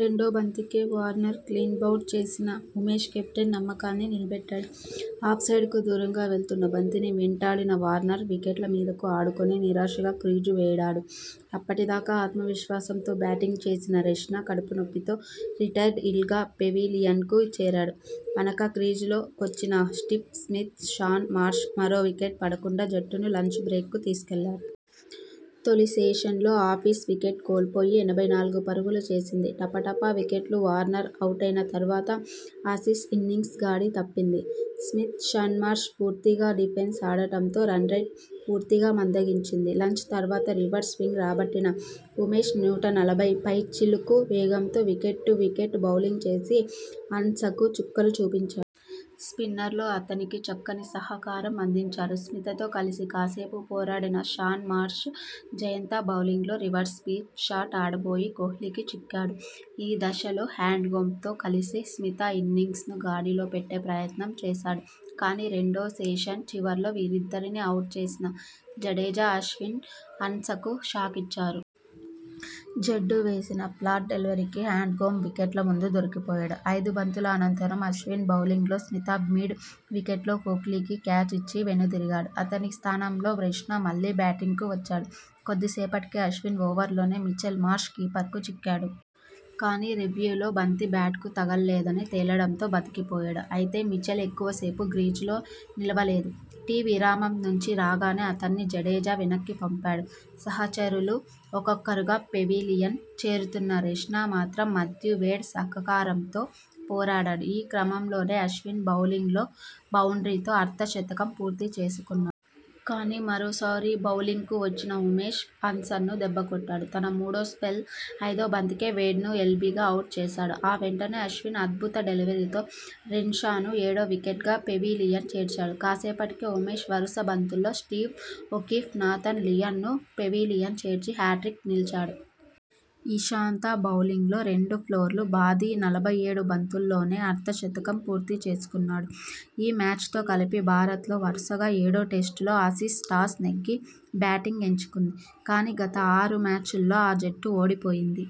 రెండో బంతికే వార్నర్ను క్లీన్బౌల్డ్ చేసిన ఉమేష్ కెప్టెన్ నమ్మకాన్ని నిలబెట్టాడు. ఆఫ్ సైడ్కు దూరంగా వెళ్తున్న బంతిని వెంటాడిన వార్నర్ వికెట్లమీదకు ఆడుకుని నిరాశగా క్రీజు వీడాడు. అప్పటిదాకా ఆత్మవిశ్వాసంతో బ్యాటింగ్ చేసిన రెన్షా కడుపు నొప్పితో రిటైర్డ్ ఇల్గా పెవిలియన్కు చేరాడు. ఆనక క్రీజులో కొచ్చిన స్టీవ్ స్మిత్, షాన్ మార్ష్ మరో వికెట్ పడకుండా జట్టును లంచ్ బ్రేక్కు తీసుకెళ్లారు. తొలిసెషన్లో ఆసీస్ వికెట్ కోల్పోయి ఎనభై నాలుగు పరుగులు చేసింది. టపటపా వికెట్లు వార్నర్ అవుటైన తర్వాత ఆసీస్ ఇన్నింగ్స్ గాడి తప్పింది. స్మిత్, షాన్మార్ష్ పూర్తిగా డిఫెన్స్ ఆడడంతో రన్రేట్ పూర్తిగా మందగించింది. లంచ్ తర్వాత రివర్స్ స్వింగ్ రాబట్టిన ఉమేష్ నూట నలభై పైచిలుకు వేగంతో వికెట్ టు వికెట్ బౌలింగ్ చేసి ఆసీ్సకు చుక్కలు చూపించాడు. స్పిన్నర్లు అతనికి చక్కని సహకారం అందించారు. స్మితతో కలిసి కాసేపు పోరాడిన షాన్ మార్ష్.. జయంత బౌలింగ్లో రివర్స్ స్వీప్ షాట్ ఆడబోయి కోహ్లీకి చిక్కాడు. ఈ దశలో హ్యాండ్స్కోంబ్తో కలిసి స్మిత ఇన్నింగ్స్ను గాడిలో పెట్టే ప్రయత్నం చేశాడు. కానీ, రెండో సెషన్ చివర్లో వీరిద్దరినీ అవుట్ చేసిన జడేజా, అశ్విన్ ఆన్సకు షాకిచ్చారు. జడ్డూ వేసిన ఫ్లాట్ డెలివరీకి హ్యాండ్స్కోంబ్ వికెట్ల ముందు దొరికిపోయాడు. ఐదు బంతుల అనంతరం అశ్విన్ బౌలింగ్లో స్మిత మిడ్ వికెట్లో కోహ్లీకి క్యాచ్ ఇచ్చి వెనుదిరిగాడు. అతని స్థానంలో రెన్షా మళ్లీ బ్యాటింగ్కు వచ్చాడు. కొద్దిసేపటికె అశ్విన్ ఓవర్లోనే మిచెల్ మార్ష్ కీపర్కు చిక్కాడు. కానీ, రివ్యూలో బంతి బ్యాట్కు తగల్లేదని తేలడంతో బతికిపోయాడు. అయితే, మిచెల్ ఎక్కువ సేపు క్రీజులో నిలువలేదు. టి-విరామం నుంచి రాగానే అతణ్ణి జడేజా వెనక్కిపంపాడు. సహచరులు ఒక్కొక్కరుగా పెవిలియన్ చేరుతున్నా రెన్షా మాత్రం మాథ్యూ వేడ్స్ సహకారంతో పోరాడాడు. ఈ క్రమంలోనే అశ్విన్ బౌలింగ్లో బౌండ్రీతో అర్ధ శతకం పూర్తి చేసుకున్న. కానీ, మరోసారి బౌలింగ్కు వచ్చిన ఉమేష్ ఆన్సను దెబ్బకొట్టాడు. తన మూడో స్పెల్ ఐదో బంతికే వేడ్ను ఎల్బీగా అవుట్ చేశాడు. ఆ వెంటనే అశ్విన్ అద్భుత డెలివరీతో రెన్షాను ఏడో వికెట్గా పెవిలియన్ చేర్చాడు. కాసేపటికే, ఉమేష్ వరుస బంతుల్లో స్టీవ్ ఒకీఫ్, నాథన్ లియాన్ ను పెవిలియన్ చేర్చి హ్యాట్రిక్ నిలిచాడు. ఇషాంత బౌలింగ్లో రెండు ఫోర్లు బాది నలభై ఏడు బంతుల్లోనే అర్ధ శతకం పూర్తి చేసుకు న్నాడు. ఈ మ్యాచ్తో కలిపి భారత్ లో వరుసగా ఏడో టెస్టులో ఆసీస్ టాస్ నెగ్గి బ్యాటింగ్ ఎంచుకుంది. కానీ, గత ఆరు మ్యాచ్ల్లో ఆ జట్టు ఓడిపోయింది.